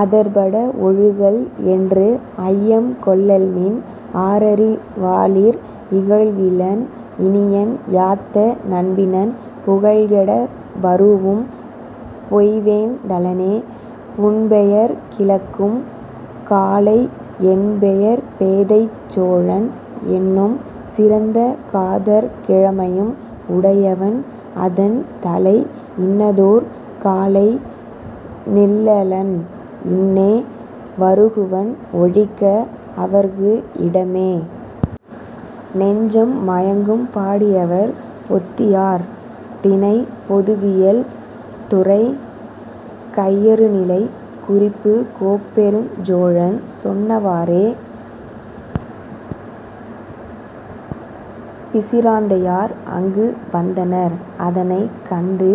அதற்பட ஒழுகல் என்று। ஐயம் கொள்ளன்மின், ஆரறி வாளிர்! இகழ்விலன்; இனியன்; யாத்த நண்பினன்; புகழ்கெட வரூஉம் பொய்வேண் டலனே; புன்பெயர் கிளக்கும் காலை, 'என் பெயர் பேதைச் சோழன்' என்னும், சிறந்த காதற் கிழமையும் உடையவன்; அதன் தலை, இன்னதோர் காலை நில்லலன்; இன்னே வருகுவன்; ஒழிக்க, அவற்கு இடமே!. நெஞ்சம் மயங்கும்! பாடியவர்: பொத்தியார் திணை: பொதுவியல் துறை: கையறுநிலை குறிப்பு: கோப்பெருஞ் சோழன் சொன்னவாறே பிசிராந்தையார் அங்கு வந்தனர்; அதனைக் கண்டு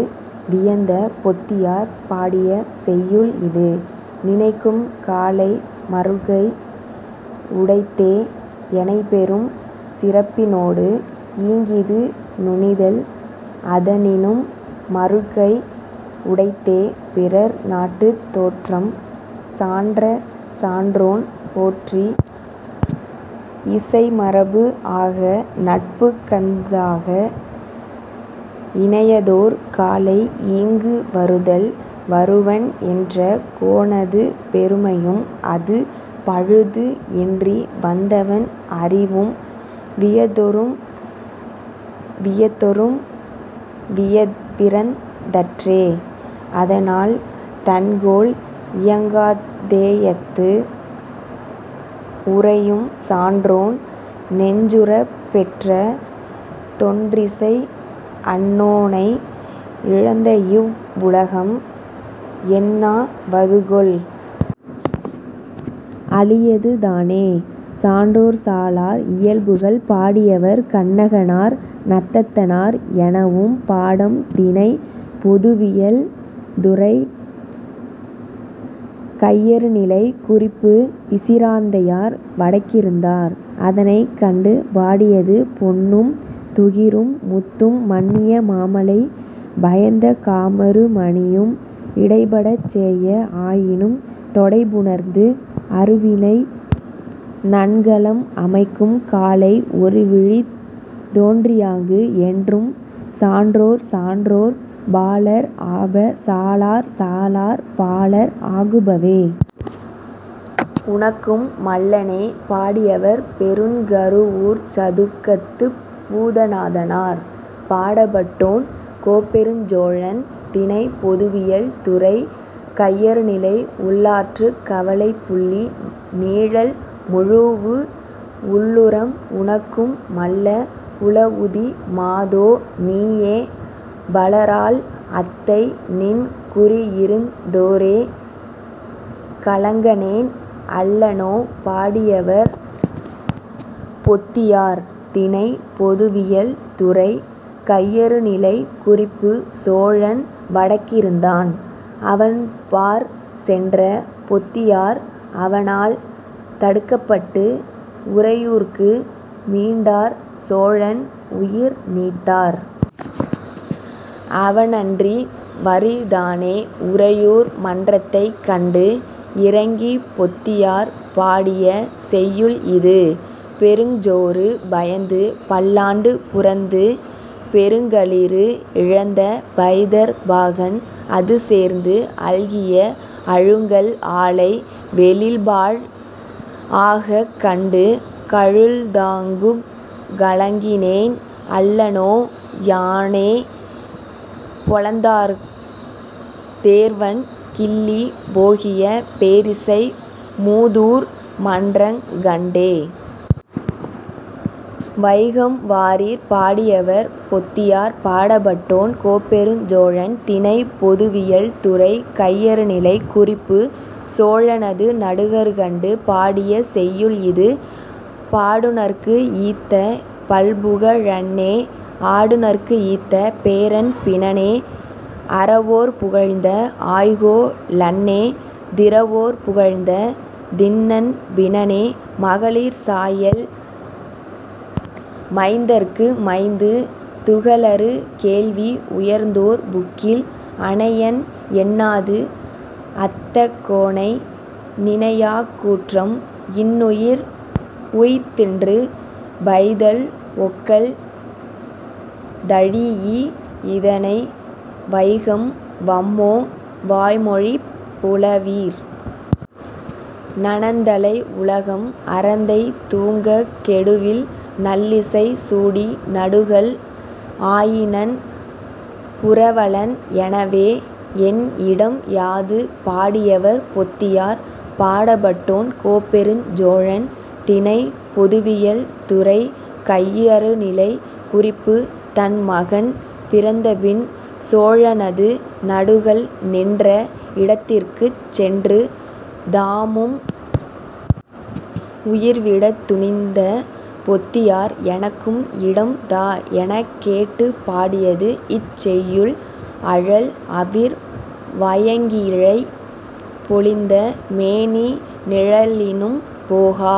வியந்த பொத்தியார் பாடிய செய்யுள் இது. நினைக்கும் காலை மருட்கை உடைத்தே, எனைப்பெரும் சிறப்பினோடு ஈங்கிது துணிதல்; அதனினும் மருட்கை உடைத்தே, பிறன் நாட்டுத் தோற்றம் சான்ற சான்றோன் போற்றி, இசைமரபு ஆக, நட்புக் கந்தாக, இனையதோர் காலை ஈங்கு வருதல்; 'வருவன்' என்ற கோனது பெருமையும், அது பழுது இன்றி வந்தவன் அறிவும், வியத்தொறும் வியத்தொறும் வியப்பிறந் தன்றே; அதனால், தன்கோல் இயங்காத்தேயத்து உறையும் சான்றோன் நெஞ்சுறப் பெற்ற தொன்றிசை அன்னோனை இழந்தஇவ் வுலகம் என்னா வதுகொல்? அளியது தானே!. சான்றோர்சாலார் இயல்புகள்! பாடியவர்: கண்ணகனார் நத்தத்தனார் எனவும் பாடம். திணை: பொதுவியல் துறை: கையறுநிலை குறிப்பு: பிசிராந்தையார் வடக்கிருந்தார்; அதனைக் கண்டு பாடியது. பொன்னும், துகிரும், முத்தும், மன்னிய மாமலை பயந்த காமரு மணியும், இடைபடச் சேய ஆயினும், தொடை புணர்ந்து, அருவிலை நன்கலம் அமைக்கும் காலை, ஒருவழித் தோன்றியாங்கு-என்றும் சான்றோர் சான்றோர் பாலர் ஆப; சாலார் சாலார் பாலர் ஆகுபவே.. உணக்கும் மள்ளனே! பாடியவர்: பெருஞ்கருவூர்ப்சதுக்கத்துப் பூதநாதனார். பாடப்பட்டோன்: கோப்பெருஞ் சோழன். திணை: பொதுவியல். துறை: கையறுநிலை. உள்ளாற்றுக் கவலைப் புள்ளி நீழல், முழூஉ வள்ளுரம் உணக்கும் மள்ள! புலவுதி மாதோ நீயே; பலரால் அத்தை, நின் குறிஇருந் தோரே.. கலங்கனேன் அல்லனோ! பாடியவர்: பொத்தியார் திணை: பொதுவியல் துறை: கையறுநிலை குறிப்பு: சோழன் வடக்கிருந்தான்; அவன்பாற் சென்ற பொத்தியார், அவனால் தடுக்கப்பட்டு உறையூர்க்கு மீண்டார்; சோழன் உயிர் நீத்தான். அவனன்றி வறி தான உறையூர் மன்றத்தைக் கண்டு இரங்கிப் பொத்தியார் பாடிய செய்யுள் இது. பெருங்சோறு பயந்து, பல்யாண்டு புரந்த பெருங்களிறு இழந்த பைதற் பாகன் அதுசேர்ந்து அல்கிய அழுங்கல் ஆலை, வெளில்பாழ் ஆகக் கண்டு கலுழ்ந்தாங்குக், கலங்கினேன் அல்லனோ, யானே-பொலந்தார்த் தேர்வண் கிள்ளி போகிய பேரிசை மூதூர் மன்றங் கண்டே?. வைகம் வாரீர்! பாடியவர்: பொத்தியார். பாடப்பட்டோன்: கோப்பெருஞ் சோழன். திணை: பொதுவியல். துறை: கையறுநிலை. குறிப்பு: சோழனது நடுகற்கண்டு பாடிய செய்யுள் இது. பாடுநர்க்கு ஈத்த பல்புக ழன்னே; ஆடுநர்க்கு ஈத்த பேரன் பினனே; அறவோர் புகழ்ந்த ஆய்கோ லன்னே; திறவோர் புகழ்ந்த தின்நண் பினனே; மகளிர் சாயல்; மைந்தர்க்கு மைந்து; துகளறு கேள்வி உயர்ந்தோர் புக்கில்; அனையன் என்னாது, அத்தக் கோனை, நினையாக் கூற்றம் இன்னுயிர் உய்த்த்ன்று; பைதல் ஒக்கல் தழீஇ, அதனை வைகம் வம்மோ; வாய்மொழிப் புலவீர்! 'நனந்தலை உலகம் அரந்தை தூங்கக், கெடுவில் நல்லிசை சூடி, நடுகல் ஆயினன் புரவலன்' எனவே.. என் இடம் யாது? பாடியவர்: பொத்தியார். பாடப்பட்டோன்: கோப்பெருஞ் சோழன். திணை: பொதுவியல். துறை: கையறுநிலை. குறிப்பு: தன் மகன் பிறந்தபின், சோழனது நடுகல் நின்ற இடத்திற்குச் சென்று, தாமும் உயிர்விடத் துணிந்த பொத்தியார், 'எனக்கும் இடம் தா' எனக் கேட்டுப் பாடியது இச் செய்யுள் 'அழல் அவிர் வயங்கிழைப் பொலிந்த மேனி, நிழலினும் போகா,